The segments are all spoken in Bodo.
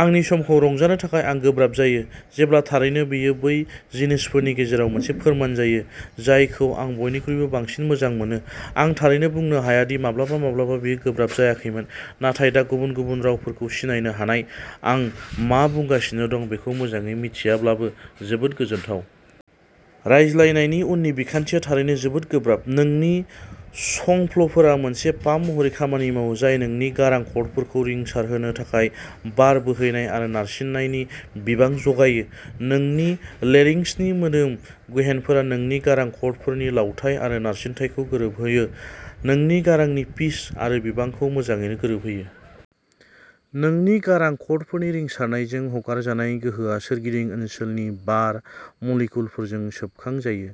आंनि समखौ रंजानो थाखाय आं गोब्राब जायो, जेब्ला थारैनो, बेयो बै जिनिसफोरनि गेजेराव मोनसे फोरमान जायो जायखौ आं बयनिख्रुइबो बांसिन मोजां मोनोमोन। आं थारैनो बुंनो हाया दि माब्लाबा माब्लाबा बेयो गोब्राब जायाखैमोन, नाथाय दा गुबुन गुबुन रावफोरखौ सिनायनो हानाय, आं मा बुंजागासिनो दं बेखौ मोजाङै मिन्थियाब्लाबो, जोबोद गोजोनथाव। रायज्लायनायनि उननि बिखान्थिया थारैनो जोबोद गोब्राब। नोंनि संफ्ल'फोरा मोनसे पाम्प महरै खामानि मावो, जाय नोंनि गारां क'र्डफोरखौ रिंसारहोनो थाखाय बार बोहैनाय आरो नारसिननायनि बिबां जगायो। नोंनि लेरिंक्सनि मोदोम गेहेनफोरा नोंनि गारां क'र्डफोरनि लावथाइ आरो नारसिनथायखौ गोरोबहोयो, नोंनि गारांनि पिच आरो बिबांखौ मोजाङैनो गोरोबहोयो। नोंनि गारां क'र्डफोरनि रिंसारनायजों हगारजानाय गोहोआ सोरगिदिं ओनसोलनि बार मलिक्युलफोरजों सोबखांजायो,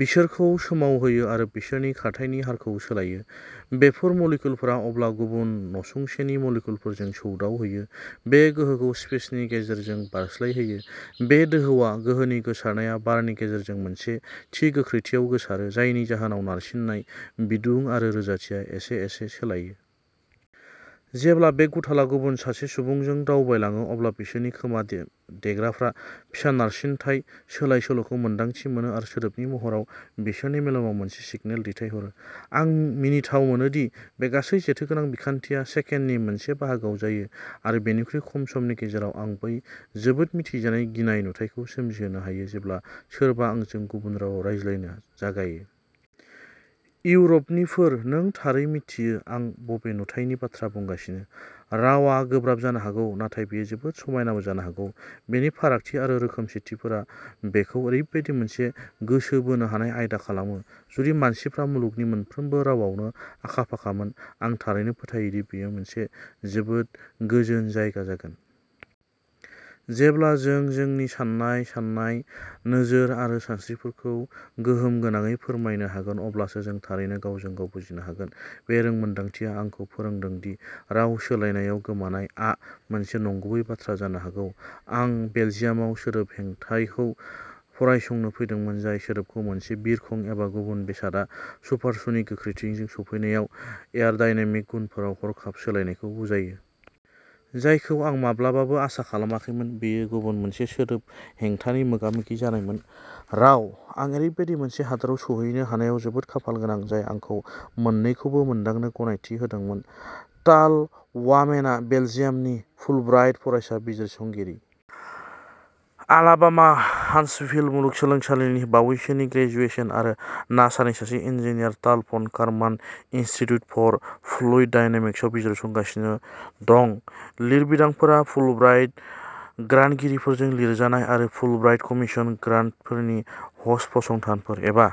बिसोरखौ सोमावहोयो आरो बिसोरनि खारथायनि हारखौ सोलायो। बेफोर मलिक्युलफोरा अब्ला गुबुन नसुंसेनि मलिक्युलफोरजों सौदावहैयो, बे गोहोखौ स्पेसनि गेजेरजों बारस्लायहोयो। बे दोहौआ। गोहोनि गोसारनाया बारनि गेजेरजों मोनसे थि गोख्रैथियाव गोसारो, जायनि जाहोनाव नारसिननाय, बिदुं आरो रोजाथिया एसे एसे सोलायो। जेब्ला बे गुथालआ गुबुन सासे सुबुंजों दावबायलाङो, अब्ला बिसोरनि खोमा-देग्राफ्रा फिसा नारसिनथाय सोलाय-सोल'खौ मोन्दांथि मोनो आरो सोदोबनि महराव बिसोरनि मेलेमाव मोनसे सिगनेल दैथायहरो। आं मिनिथाव मोनो दि बे गासै जेथोगोनां बिखान्थिया सेकेन्दनि मोनसे बाहागोआव जायो, आरो बेनिख्रुइबो खम समनि गेजेराव आं बै जोबोद मिथिजानाय गिनाय नुथायखौ सोमजिहोनो हायो जेब्ला सोरबा आंजों गुबुन रावाव रायज्लायनो जागायो। इउर'पनिफोर, नों थारै मिन्थियो आं बबे नुथायनि बाथ्रा बुंगासिनो! रावआ गोब्राब जानो हागौ, नाथाय बेयो जोबोद समायनाबो जानो हागौ। बेनि फारागथि आरो रोखोमसेथिफोरा बेखौ ओरैबायदि मोनसे गोसो बोनो हानाय आयदा खालामो। जुदि मानसिफ्रा मुलुगनि मोनफ्रोमबो रावावनो आखा-फाखामोन, आं थारैनो फोथायो दि बेयो मोनसे जोबोद गोजोन जायगा जागोन। जेब्ला जों जोंनि साननाय, साननाय, नोजोर आरो सानस्रिफोरखौ गोहोम गोनाङै फोरमायनो हागोन अब्लासो जों थारैनो गावजों-गाव बुजिनो हागोन। बे रोंमोन्दांथिया आंखौ फोरोंदों दि "राव सोलायनायाव गोमानाय" आ मोनसे नंगुबै बाथ्रा जानो हागौ। आं बेलजियामाव सोदोब हेंथाखौ फरायसंनो फैदोंमोन, जाय सोदोबखौ मोनसे बिरखं एबा गुबुन बेसादआ सुपारस'निक गोख्रैथिजों सौफैनायाव एर'डायनेमिक गुनफोराव हरखाब सोलायनायखौ बुजायो। जायखौ आं माब्लाबाबो आसा खालामाखैमोन बेयो गुबुन मोनसे सोदोब हेंथानि मोगा-मोगि जानायमोनः राव। आं ओरैबायदि मोनसे हादोराव सौहैनो हानायाव जोबोद खाफालगोनां, जाय आंखौ मोन्नैखौबो मोनदांनो गनायथि होदोंमोन। टाल वामेना बेलजियामनि फुलब्राइट फरायसा बिजिरसंगिरि। आलाबामा-हान्टसभिल मुलुगसोलोंसालिनि बावैसोनि ग्रेजुएसन आरो नासानि सासे इन्जिनियार, टालआ von Karman Institute for Fluid डायनेमिक्सआव बिजिरसंगासिनो दं। लिरबिदांफोरा फुलब्राइट ग्रान्टगिरिफोरजों लिरजानाय आरो फुलब्राइट कमिसन, ग्रान्टगिरिफोरनि ह'स्ट फसंथानफोर, एबा